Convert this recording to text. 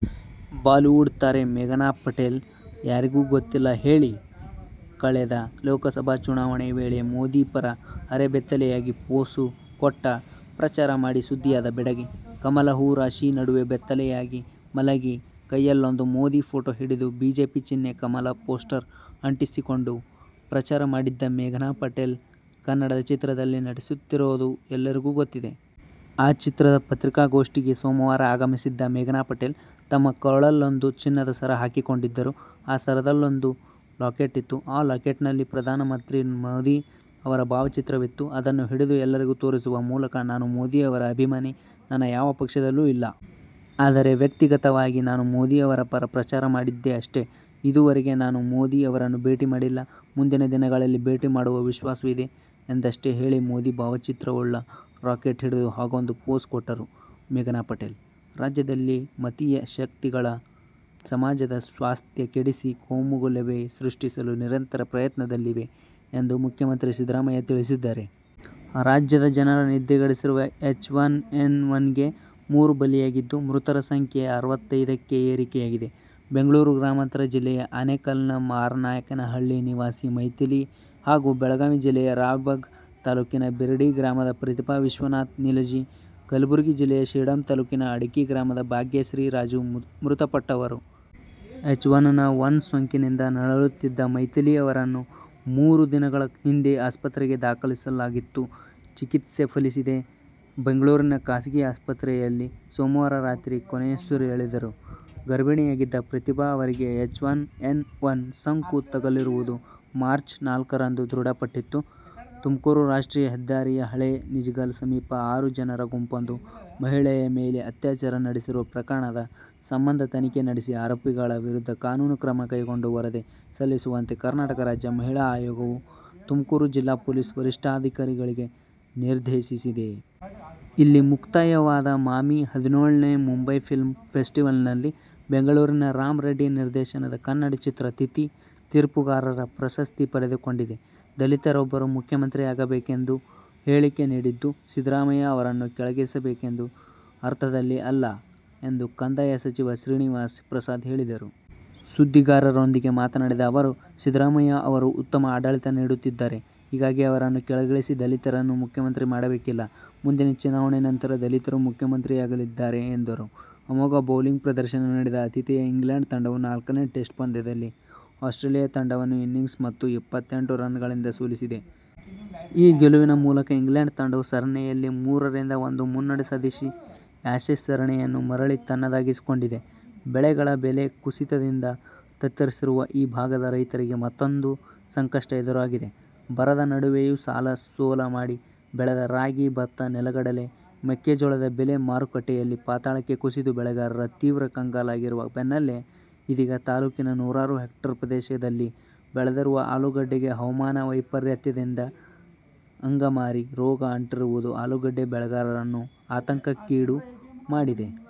Bollywood ತಾರೆ ಮೇಘನಾಪಟೇಲ್ ಯಾರಿಗೆ ಗೊತ್ತಿಲ್ಲ ಹೇಳಿ? ಕಳೆದ ಲೋಕಸಭೆ ಚುನಾವಣೆ ವೇಳೆ ಮೋದಿ ಪರ ಅರೆಬೆತ್ತಲೆಯಾಗಿ ಫೋಸು ಕೊಟ್ಟು ಪ್ರಚಾರ ಮಾಡಿ ಸುದ್ದಿಯಾದ ಬೆಡಗಿ. ಕಮಲ ಹೂ ರಾಶಿ ನಡುವೆ ಬೆತ್ತಲೆಯಾಗಿ ಮಲಗಿ, ಕೈಯಲ್ಲೊಂದು ಮೋದಿ ಫೋಟೋ ಹಿಡಿದು, ಬಿಜೆಪಿ ಚಿಹ್ನೆ ಕಮಲ ಪೋಸ್ಟರ್ ಅಂಟಿಸಿಕೊಂಡು ಪ್ರಚಾರ ಮಾಡಿದ್ದ ಮೇಘನಾಪಟೇಲ್, ಕನ್ನಡದ ಚಿತ್ರದಲ್ಲಿ ನಟಿಸುತ್ತಿರೋದು ಎಲ್ಲರಿಗೂ ಗೊತ್ತಿದೆ. ಆ ಚಿತ್ರದ ಪತ್ರಿಕಾಗೋಷ್ಠಿಗೆ ಸೋಮವಾರ ಆಗಮಿಸಿದ್ದ ಮೇಘನಾಪಟೇಲ್, ತಮ್ಮ ಕೊರಳಲ್ಲೊಂದು ಚಿನ್ನದ ಸರ ಹಾಕಿಕೊಂಡಿದ್ದರು. ಆ ಸರದಲ್ಲೊಂದು ಲಾಕೆಟ್ ಇತ್ತು. ಆ ಲಾಕೆಟ್ನಲ್ಲಿ ಪ್ರಧಾನ ಮಂತ್ರಿ ಮೋದಿ ಅವರ ಭಾವಚಿತ್ರವಿತ್ತು. ಅದನ್ನು ಹಿಡಿದು ಎಲ್ಲರಿಗೂ ತೋರಿಸುವ ಮೂಲಕ, ನಾನು ಮೋದಿ ಅವರ ಅಭಿಮಾನಿ. ನಾನು ಯಾವ ಪಕ್ಷದಲ್ಲೂ ಇಲ್ಲ. ಆದರೆ, ವ್ಯಕ್ತಿಗತವಾಗಿ ನಾನು ಮೋದಿ ಅವರ ಪರ ಪ್ರಚಾರ ಮಾಡಿದ್ದೆ ಅಷ್ಟೇ. ಇದೂವರೆಗೂ ನಾನು ಮೋದಿ ಅವರನ್ನು ಭೇಟಿ ಮಾಡಿಲ್ಲ. ಮುಂದಿನ ದಿನಗಳಲ್ಲಿ ಭೇಟಿ ಮಾಡುವ ವಿಶ್ವಾಸವಿದೆ' ಎಂದಷ್ಟೇ ಹೇಳಿ ಮೋದಿ ಭಾವಚಿತ್ರವುಳ್ಳ ರಾಕೆಟ್ ಹಿಡಿದು ಹಾಗೊಂದು ಫೋಸ್ ಕೊಟ್ಟರು ಮೇಘನಾಪಟೇಲ್. ರಾಜ್ಯದಲ್ಲಿ ಮತೀಯ ಶಕ್ತಿಗಳು ಸಮಾಜದ ಸ್ವಾಸ್ಥ್ಯ ಕೆಡಿಸಿ ಕೋಮುಗಲಭೆ ಸೃಷ್ಟಿಸಲು ನಿರಂತರ ಪ್ರಯತ್ನದಲ್ಲಿವೆ ಎಂದು ಮುಖ್ಯಮಂತ್ರಿ ಸಿದ್ದರಾಮಯ್ಯ ತಿಳಿಸಿದ್ದಾರೆ. ರಾಜ್ಯದ ಜನರ ನಿದ್ದೆಗೆಡಿಸಿರುವ ಎಚ್ಒನ್ ಏನ್ ಒನ್ಗೆ ಮೂರು ಬಲಿಯಾಗಿದ್ದು, ಮೃತರ ಸಂಖ್ಯೆ ಆರವತೈದಕ್ಕೆ ಏರಿಕೆಯಾಗಿದೆ. ಬೆಂಗಳೂರು ಗ್ರಾಮಾಂತರ ಜಿಲ್ಲೆಯ ಆನೇಕಲ್ನ ಮಾರನಾಯಕನಹಳ್ಳಿ ನಿವಾಸಿ ಮೈಥಿಲಿ ಹಾಗೂ ಬೆಳಗಾವಿ ಜಿಲ್ಲೆಯ ರಾಯಬಾಗ ತಾಲೂಕಿನ ಬಿರಡಿ ಗ್ರಾಮದ ಪ್ರತಿಭಾ ವಿಶ್ವನಾಥ ನಿಲಜಿ, ಕಲಬುರಗಿ ಜಿಲ್ಲೆಯ ಸೇಡಂ ತಾಲೂಕಿನ ಅಡಕಿ ಗ್ರಾಮದ ಭಾಗ್ಯಶ್ರೀರಾಜು ಮೃತಪಟ್ಟವರು. ಎಚ್ ಒನ್ ನ್ ಒನ್ ಸೋಂಕಿನಿಂದ ನರಳುತ್ತಿದ್ದ ಮೈಥಿಲಿ ಅವರನ್ನು ಮೂರು ದಿನಗಳ ಹಿಂದೆ ಆಸ್ಪತ್ರೆಗೆ ದಾಖಲಿಸಲಾಗಿತ್ತು. ಚಿಕತ್ಸೆ ಫಲಿಸದೆ ಬೆಂಗಳೂರಿನ ಖಾಸಗಿ ಆಸ್ಪತ್ರೆಯಲ್ಲಿ ಸೋಮವಾರ ರಾತ್ರಿ ಕೊನೆಯುಸಿರೆಳೆದರು. ಗರ್ಭಿಣಿಯಾಗಿದ್ದ ಪ್ರತಿಭಾ ಅವರಿಗೆ ಎಚ್ಒನ್ ಏನ್ ಒನ್ ಸೋಂಕು ತಗುಲಿರುವುದು ಮಾರ್ಚ್ ನಾಲ್ಕರಂದು ದೃಢಪಟ್ಟಿತ್ತು. ತುಮಕೂರು ರಾಷ್ಟ್ರಿಯ ಹೆದ್ದಾರಿಯ ಹಳೆ ನಿಜಗಲ್ ಸಮೀಪ ಆರು ಜನರ ಗುಂಪೊಂದು ಮಹಿಳೆ ಮೇಲೆ ಅತ್ಯಾಚಾರ ನಡೆಸಿರುವ ಪ್ರಕರಣದ ಸಂಬಂಧ ತನಿಖೆ ನಡೆಸಿ ಆರೋಪಿಗಳ ವಿರುದ್ಧ ಕಾನೂನು ಕ್ರಮ ಕೈಗೊಂಡು ವರದಿ ಸಲ್ಲಿಸುವಂತೆ ಕರ್ನಾಟಕ ರಾಜ್ಯ ಮಹಿಳಾ ಆಯೋಗವು ತುಮಕೂರು ಜಿಲ್ಲಾ ಪೊಲೀಸ್ ವರಿಷ್ಠಾಧಿಕಾರಿಗಳಿಗೆ ನಿರ್ದೇಶಿಸಿದೆ. ಇಲ್ಲಿ ಮುಕ್ತಾಯವಾದ ಮಾಮಿ ಹದಿನೇಳನೇ ಮುಂಬೈ ಫಿಲ್ಮ್ ಫೆಸ್ಟಿವಲ್ನಲ್ಲಿ ಬೆಂಗಳೂರಿನ ರಾಮ್ ರೆಡ್ಡಿ ನಿರ್ದೇಶನದ ಕನ್ನಡ ಚಿತ್ರ ತಿಥಿ ತೀರ್ಪುಗಾರರ ಪ್ರಶಸ್ತಿ ಪಡೆದುಕೊಂಡಿದೆ. ದಲಿತರೊಬ್ಬರು ಮುಖ್ಯಮಂತ್ರಿ ಆಗಬೇಕೆಂದು ಹೇಳಿಕೆ ನೀಡಿದ್ದು ಸಿದ್ದರಾಮಯ್ಯ ಅವರನ್ನು ಕೆಳಗಿಳಿಸಬೇಕೆಂಬ ಅರ್ಥದಲ್ಲಿ ಅಲ್ಲ ಎಂದು ಕಂದಾಯ ಸಚಿವ ಶ್ರೀನಿವಾಸ್ ಪ್ರಸಾದ್ ಹೇಳಿದರು. ಸುದ್ದಿಗಾರರೊಂದಿಗೆ ಮಾತನಾಡಿದ ಅವರು, ಸಿದ್ದರಾಮಯ್ಯ ಅವರು ಉತ್ತಮ ಆಡಳಿತ ನೀಡುತ್ತಿದ್ದಾರೆ. ಹೀಗಾಗಿ ಅವರನ್ನು ಕೆಳಗಿಳಿಸಿ ದಲಿತರನ್ನು ಮುಖ್ಯಮಂತ್ರಿ ಮಾಡಬೇಕಿಲ್ಲ. ಮುಂದಿನ ಚುನಾವಣೆ ನಂತರ ದಲಿತರು ಮುಖ್ಯಮಂತ್ರಿಯಾಗಲಿದ್ದಾರೆ ಎಂದರು. ಅಮೋಘ ಬೌಲಿಂಗ್ ಪ್ರದರ್ಶನ ನೀಡಿದ ಆತಿಥೇಯ ಇಂಗ್ಲೆಂಡ್ ತಂಡವು ನಾಲ್ಕನೇ ಟೆಸ್ಟ್ ಪಂದ್ಯದಲ್ಲಿ ಆಸ್ಟ್ರೇಲಿಯ ತಂಡವನ್ನು ಇನ್ನಿಂಗ್ಸ್ ಮತ್ತು ಎಪ್ಪತ್ತೆಂಟು ರನ್ನುಗಳಿಂದ ಸೋಲಿಸಿದೆ. ಈ ಗೆಲುವಿನ ಮೂಲಕ ಇಂಗ್ಲೆಂಡ್ ತಂಡವು ಸರಣಿಯಲ್ಲಿ ಮೂರ ರಿಂದ ಒಂದು ಮುನ್ನಡೆ ಸಾಧಿಸಿ ಆ್ಯಶಸ್ ಸರಣಿಯನ್ನು ಮರಳಿ ತನ್ನದಾಗಿಸಿಕೊಂಡಿದೆ. ಬೆಳೆಗಳ ಬೆಲೆ ಕುಸಿತದಿಂದ ತತ್ತರಿಸಿರುವ ಈ ಭಾಗದ ರೈತರಿಗೆ ಮತ್ತೂಂದು ಸಂಕಷ್ಟ ಎದುರಾಗಿದೆ. ಬರದ ನಡುವೆಯೂ ಸಾಲ, ಸೋಲ ಮಾಡಿ ಬೆಳೆದ ರಾಗಿ, ಭತ್ತ, ನೆಲಗಡಲೆ, ಮೆಕ್ಕೆಜೋಳದ ಬೆಲೆ ಮಾರುಕಟ್ಟೆಯಲ್ಲಿ ಪಾತಾಳಕ್ಕೆ ಕುಸಿದು ಬೆಳೆಗಾರರು ತೀವ್ರ ಕಂಗಾಲಾಗಿರುವ ಬೆನ್ನಲೇ ಇದೀಗ ತಾಲೂಕಿನ ನೂರಾರು ಹೇಕ್ಟೆರ್ ಪ್ರದೇಶದಲ್ಲಿ ಬೆಳೆದಿರುವ ಅಲೂಗಡ್ಡೆಗೆ ಹವಾಮಾನ ವೈಪರಿತ್ಯದಿಂದ ಅಂಗಮಾರಿ ರೋಗ ಅಂಟಿರುವುದು ಆಲೂಗಡ್ಡೆ ಬೆಳೆಗಾರರನ್ನು ಆತಂಕಕ್ಕೀಡು ಮಾಡಿದೆ.